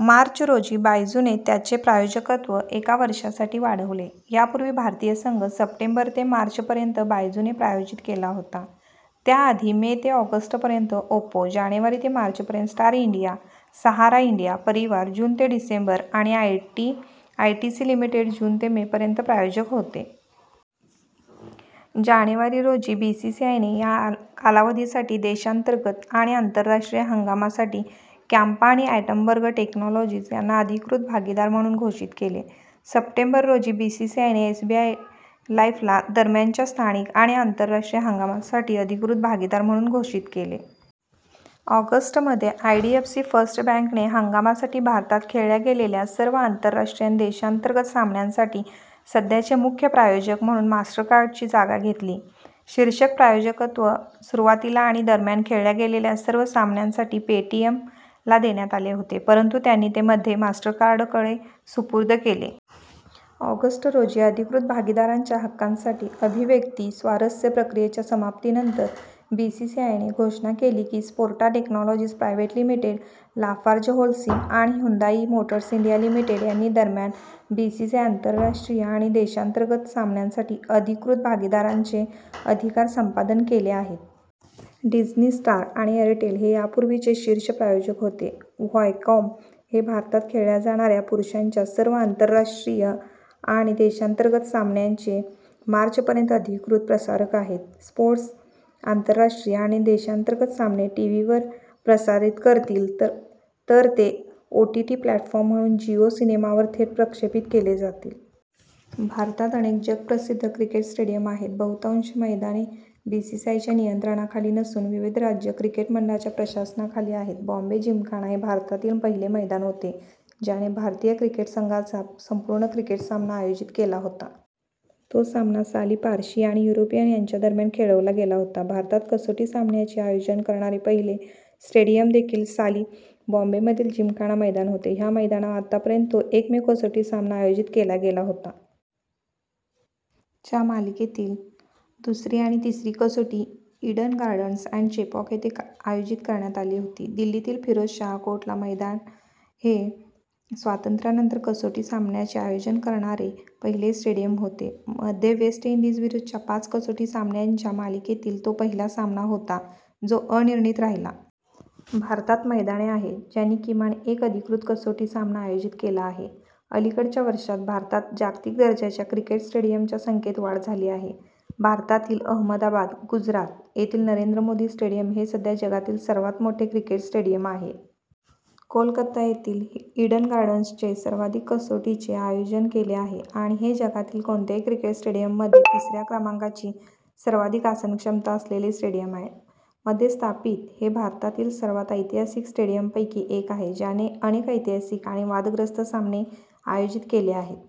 मार्च रोजी, बायजूने त्याचे प्रायोजकत्व एका वर्षासाठी वाढवले. यापूर्वी, भारतीय संघ सप्टेंबर ते मार्च पर्यंत बायजूने प्रायोजित केला होता, त्याआधी मे ते ऑगस्ट पर्यंत ओप्पो, जानेवारी ते मार्च पर्यंत Star India, Sahara India Pariwar जून ते डिसेंबर आणि आयटीसी लिमिटेड जून ते मे पर्यंत प्रायोजक होते. जानेवारी रोजी, बीसीसीआयने - या कालावधीसाठी देशांतर्गत आणि आंतरराष्ट्रीय हंगामासाठी कॅम्पा आणि ॲटमबर्ग टेक्नॉलॉजीज यांना अधिकृत भागीदार म्हणून घोषित केले. सप्टेंबर रोजी, बीसीसीआयने एसबीआय लाईफ ला - दरम्यानच्या स्थानिक आणि आंतरराष्ट्रीय हंगामासाठी अधिकृत भागीदार म्हणून घोषित केले. ऑगस्ट मध्ये, आयडीएफसी फर्स्ट बँके ने - हंगामासाठी भारतात खेळल्या गेलेल्या सर्व आंतरराष्ट्रीय आणि देशांतर्गत सामन्यांसाठी सध्याचे मुख्य प्रायोजक म्हणून मास्टरकार्डची जागा घेतली.। शीर्षक प्रायोजकत्व सुरुवातीला आणि दरम्यान खेळल्या गेलेल्या सर्व सामन्यांसाठी पेटीएम ला देण्यात आले होते परंतु त्यांनी ते मध्ये मास्टरकार्डकडे सुपूर्द केले. ऑगस्ट रोजी, अधिकृत भागीदारांच्या हक्कांसाठी अभिव्यक्ती स्वारस्य प्रक्रियेच्या समाप्तीनंतर, बीसीसीआयने घोषणा केली की स्पोर्टा टेक्नॉलॉजीस प्रा. लि., लाफार्जहोल्सीम आणि ह्युंदाई मोटर्स इंडिया लिमिटेड यांनी दरम्यान बीसीसीआय आंतरराष्ट्रीय आणि देशांतर्गत सामन्यांसाठी अधिकृत भागीदारांचे अधिकार संपादन केले आहेत. डिझ्नी स्टार आणि एअरटेल हे यापूर्वीचे शीर्ष प्रायोजक होते. व्हायकॉम हे भारतात खेळल्या जाणाऱ्या पुरुषांच्या सर्व आंतरराष्ट्रीय आणि देशांतर्गत सामन्यांचे मार्च पर्यंत अधिकृत प्रसारक आहेत. स्पोर्ट्स आंतरराष्ट्रीय आणि देशांतर्गत सामने टीव्हीवर प्रसारित करतील, तर ते ओटीटी प्लॅटफॉर्म म्हणून जिओ सिनेमा वर थेट प्रक्षेपित केले जातील. भारतात अनेक जगप्रसिद्ध क्रिकेट स्टेडियम आहेत. बहुतांश मैदाने बीसीसीआयच्या नियंत्रणाखाली नसून विविध राज्य क्रिकेट मंडळांच्या प्रशासनाखाली आहेत. बॉम्बे जिमखाना हे भारतातील पहिले मैदान होते ज्याने भारतीय क्रिकेट संघाचा संपूर्ण क्रिकेट सामना आयोजित केला होता. तो सामना साली पारशी आणि युरोपियन यांच्यादरम्यान खेळवला गेला होता. भारतात कसोटी सामन्याचे आयोजन करणारे पहिले स्टेडियम देखील साली बॉम्बेमधील जिमखाना मैदान होते. ह्या मैदानावर आतापर्यंत तो एकमेव कसोटी सामना आयोजित केला गेला होता. च्या मालिकेतील दुसरी आणि तिसरी कसोटी ईडन गार्डन्स आणि चेपॉक येथे आयोजित करण्यात आली होती. दिल्लीतील फिरोजशाह कोटला मैदान हे स्वातंत्र्यानंतर कसोटी सामन्याचे आयोजन करणारे पहिले स्टेडियम होते. मध्ये वेस्ट इंडीजविरुद्धच्या पाच कसोटी सामन्यांच्या मालिकेतील तो पहिला सामना होता जो अनिर्णित राहिला. भारतात मैदाने आहेत ज्यांनी किमान एक अधिकृत कसोटी सामना आयोजित केला आहे. अलिकडच्या वर्षांत, भारतात जागतिक दर्जाच्या क्रिकेट स्टेडियमच्या संख्येत वाढ झाली आहे. भारतातील अहमदाबाद, गुजरात येथील नरेंद्र मोदी स्टेडियम हे सध्या जगातील सर्वात मोठे क्रिकेट स्टेडियम आहे. कोलकाता येथील ईडन गार्डन्सने सर्वाधिक कसोटींचे आयोजन केले आहे आणि हे जगातील कोणत्याही क्रिकेट स्टेडियममध्ये तिसऱ्या क्रमांकाची सर्वाधिक आसनक्षमता असलेले स्टेडियम आहे. मध्ये स्थापित, हे भारतातील सर्वात ऐतिहासिक स्टेडियमपैकी एक आहे, ज्याने अनेक ऐतिहासिक आणि वादग्रस्त सामने आयोजित केले आहेत.